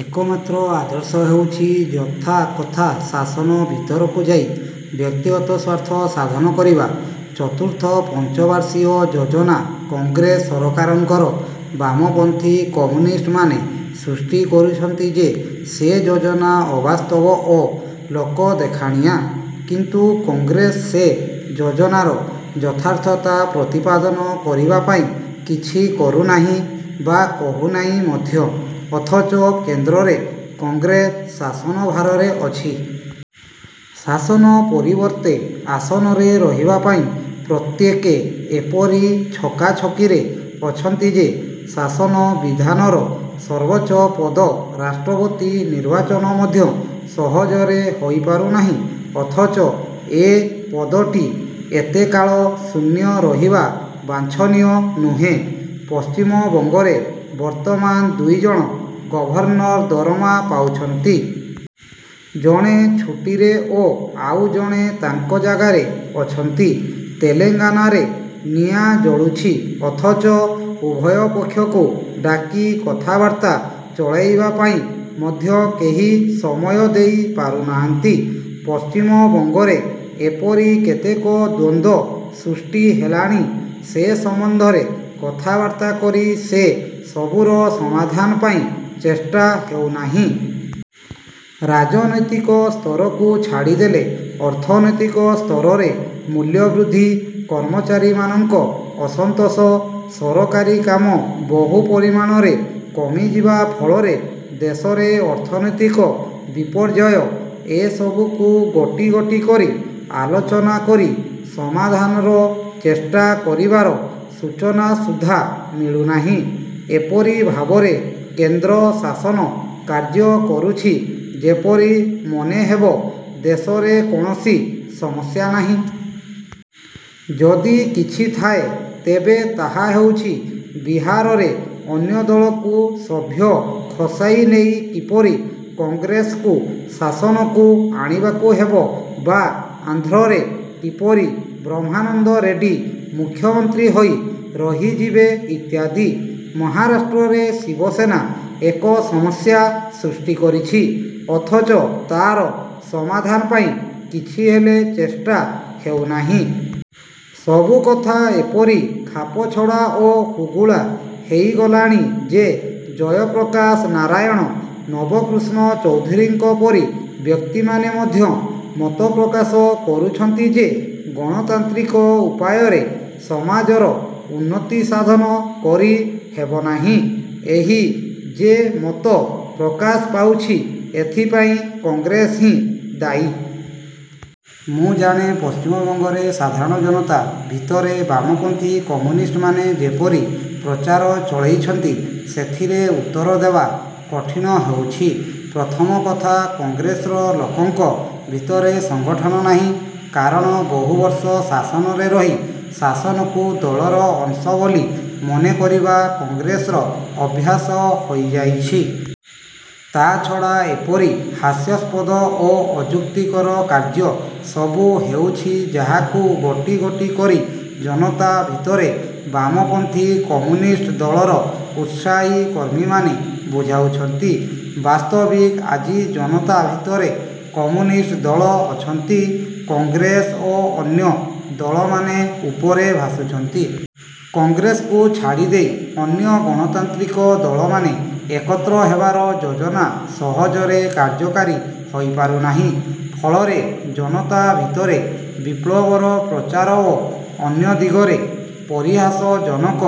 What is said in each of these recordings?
ଏକମାତ୍ର ଆଦର୍ଶ ହେଉଛି ଯଥାକଥା ଶାସନ ଭିତରକୁ ଯାଇ ବ୍ୟକ୍ତିଗତ ସ୍ୱାର୍ଥ ସାଧନ କରିବା। ଚତୁର୍ଥ ପଞ୍ଚବର୍ଷୀୟ ଯୋଜନା କଂଗ୍ରେସ ସରକାରଙ୍କର। ବାମପନ୍ଥୀ କମ୍ୟୁନିଷ୍ଟମାନେ ସୃଷ୍ଟି କରୁଛନ୍ତି ଯେ ସେ ଯୋଜନା ଅବାସ୍ତବ ଓ ଲୋକଦେଖାଣିଆ। କିନ୍ତୁ କଂଗ୍ରେସ ସେ ଯୋଜନାର ଯଥାର୍ଥତା ପ୍ରତିପାଦନ କରିବା ପାଇଁ କିଛି କରୁନାହିଁ ବା କହୁନାହିଁ ମଧ୍ୟ; ଅଥଚ କେନ୍ଦ୍ରରେ କଂଗ୍ରେସ ଶାସନଭାରରେ ଅଛି। ଶାସନ ପରିବର୍ତ୍ତେ ଆସନରେ ରହିବାପାଇଁ ପ୍ରତ୍ୟେକେ ଏପରି ଛକାଛକିରେ ଅଛନ୍ତି ଯେ ଶାସନ ବିଧାନର ସର୍ବୋଚ୍ଚ ପଦ ରାଷ୍ଟ୍ରପତି ନିର୍ବାଚନ ମଧ୍ୟ ସହଜରେ ହୋଇପାରୁ ନାହିଁ। ଅଥଚ ଏ ପଦଟି ଏତେକାଳ ଶୂନ୍ୟ ରହିବା ବାଞ୍ଛନୀୟ ନୁହେଁ। ପଶ୍ଚିମବଙ୍ଗରେ ବର୍ତ୍ତମାନ ଦୁଇଜଣ ଗଭର୍ଣ୍ଣର ଦରମା ପାଉଛନ୍ତି। ଜଣେ ଛୁଟିରେ ଓ ଆଉ ଜଣେ ତାଙ୍କ ଜାଗାରେ ଅଛନ୍ତି। ତେଲେଙ୍ଗାନାରେ ନିଆଁ ଜଳୁଛି; ଅଥଚ ଉଭୟ ପକ୍ଷକୁ ଡାକି କଥାବାର୍ତ୍ତା ଚଳେଇବା ପାଇଁ ମଧ୍ୟ କେହି ସମୟ ଦେଇ ପାରୁନାହାନ୍ତି। ପଶ୍ଚିମବଙ୍ଗରେ ଏପରି କେତେକ ଦ୍ୱନ୍ଦ୍ୱ ସୃଷ୍ଟି ହେଲାଣି, ସେ ସମ୍ବନ୍ଧରେ କଥାବାର୍ତ୍ତା କରି ସେ ସବୁର ସମାଧାନ ପାଇଁ ଚେଷ୍ଟା ହେଉନାହିଁ। ରାଜନୈତିକ ସ୍ତରକୁ ଛାଡ଼ିଦେଲେ ଅର୍ଥନୈତିକ ସ୍ତରରେ ମୂଲ୍ୟ ବୃଦ୍ଧି, କର୍ମଚାରୀମାନଙ୍କ ଅସନ୍ତୋଷ, ସରକାରୀ କାମ ବହୁ ପରିମାଣରେ କମିଯିବା ଫଳରେ ଦେଶରେ ଅର୍ଥନୈତିକ ବିପର୍ଯ୍ୟୟ ଏସବୁକୁ ଗୋଟି ଗୋଟି କରି ଆଲୋଚନା କରି ସମାଧାନର ଚେଷ୍ଟା କରିବାର ସୂଚନା ସୁଦ୍ଧା ମିଳୁନାହିଁ। ଏପରି ଭାବରେ କେନ୍ଦ୍ର ଶାସନ କାର୍ଯ୍ୟ କରୁଛି ଯେପରି ମନେ ହେବ ଦେଶରେ କୌଣସି ସମସ୍ୟା ନାହିଁ। ଯଦି କିଛି ଥାଏ ତେବେ ତାହା ହେଉଛି ବିହାରରେ ଅନ୍ୟ ଦଳରୁ ସଭ୍ୟ ଖସାଇ ନେଇ କିପରି କଂଗ୍ରେସକୁ ଶାସନକୁ ଆଣିବାକୁ ହେବ ବା ଆନ୍ଧ୍ରରେ କିପରି ବ୍ରହ୍ମାନନ୍ଦ ରେଡ଼ି ମୁଖ୍ୟମନ୍ତ୍ରୀ ହୋଇ ରହିଯିବେ ଇତ୍ୟାଦି। ମହାରାଷ୍ଟ୍ରରେ ଶିବସେନା ଏକ ସମସ୍ୟା ସୃଷ୍ଟି କରିଛି। ଅଥଚ ତା'ର ସମାଧାନ ପାଇଁ କିଛି ହେଲେ ଚେଷ୍ଟା ହେଉନାହିଁ। ସବୁ କଥା ଏପରି ଖାପଛଡ଼ା ଓ ହୁଗୁଳା ହୋଇଗଲାଣି ଯେ ଜୟପ୍ରକାଶ ନାରାୟଣ, ନବକୃଷ୍ଣ ଚୌଧୁରୀଙ୍କ ପରି ବ୍ୟକ୍ତିମାନେ ମଧ୍ୟ ମତପ୍ରକାଶ କରୁଛନ୍ତି ଯେ ଗଣତାନ୍ତ୍ରିକ ଉପାୟରେ ସମାଜର ଉନ୍ନତି ସାଧନ କରି ହେବନାହିଁ। ଏହି ଯେ ମତ ପ୍ରକାଶ ପାଉଛି ଏଥିପାଇଁ କଂଗ୍ରେସ ହିଁ ଦାୟୀ। ମୁଁ ଜାଣେ ପଶ୍ଚିମବଙ୍ଗରେ ସାଧାରଣ ଜନତା ଭିତରେ ବାମପନ୍ଥୀ କମ୍ୟୁନିଷ୍ଟମାନେ ଯେପରି ପ୍ରଚାର ଚଳାଇଛନ୍ତି ସେଥିର ଉତ୍ତର ଦେବା କଠିନ ହେଉଛି। ପ୍ରଥମ କଥା କଂଗ୍ରେସର ଲୋକଙ୍କ ଭିତରେ ସଙ୍ଗଠନ ନାହିଁ, କାରଣ ବହୁବର୍ଷ ଶାସନରେ ରହି ଶାସନକୁ ଦଳର ଅଂଶ ବୋଲି ମନେ କରିବା କଂଗ୍ରେସର ଅଭ୍ୟାସ ହୋଇଯାଇଛି। ତା'ଛଡ଼ା ଏପରି ହାସ୍ୟାସ୍ପଦ ଓ ଅଯୁକ୍ତିକର କାର୍ଯ୍ୟ ସବୁ ହେଉଛି ଯାହାକୁ ଗୋଟି ଗୋଟି କରି ଜନତା ଭିତରେ ବାମପନ୍ଥୀ କମ୍ୟୁନିଷ୍ଟ ଦଳର ଉତ୍ସାହୀ କର୍ମୀମାନେ ବୁଝାଉଛନ୍ତି। ବାସ୍ତବିକ ଆଜି ଜନତା ଭିତରେ କମ୍ୟୁନିଷ୍ଟ ଦଳ ଅଛନ୍ତି। କଂଗ୍ରେସ ଓ ଅନ୍ୟ ଦଳମାନେ ଉପରେ ଭାସୁଛନ୍ତି। କଂଗ୍ରେସକୁ ଛାଡ଼ିଦେଇ ଅନ୍ୟ ଗଣତାନ୍ତ୍ରିକ ଦଳମାନେ ଏକତ୍ର ହେବାର ଯୋଜନା ସହଜରେ କାର୍ଯ୍ୟକାରୀ ହୋଇପାରୁନାହିଁ। ଫଳରେ ଜନତା ଭିତରେ ବିପ୍ଳବର ପ୍ରଚାର ଓ ଅନ୍ୟ ଦିଗରେ ପରିହାସଜନକ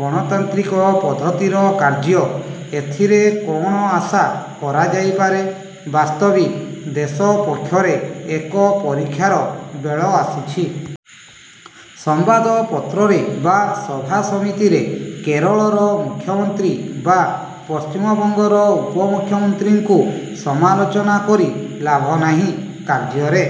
ଗଣତାନ୍ତ୍ରିକ ପଦ୍ଧିତର କାର୍ଯ୍ୟ। ଏଥିରେ କଅଣ ଆଶା କରାଯାଇପାରେ? ବାସ୍ତବିକ ଦେଶ ପକ୍ଷରେ ଏକ ପରୀକ୍ଷାର ବେଳ ଆସିଛି। ସମ୍ବାଦପତ୍ରରେ ବା ସଭା ସମିତିରେ କେରଳର ମୁଖ୍ୟମନ୍ତ୍ରୀ ବା ପଶ୍ଚିମବଙ୍ଗର ଉପମୁଖ୍ୟମନ୍ତ୍ରୀଙ୍କୁ ସମାଲୋଚନା କରି ଲାଭ ନାହିଁ। କାର୍ଯ୍ୟରେ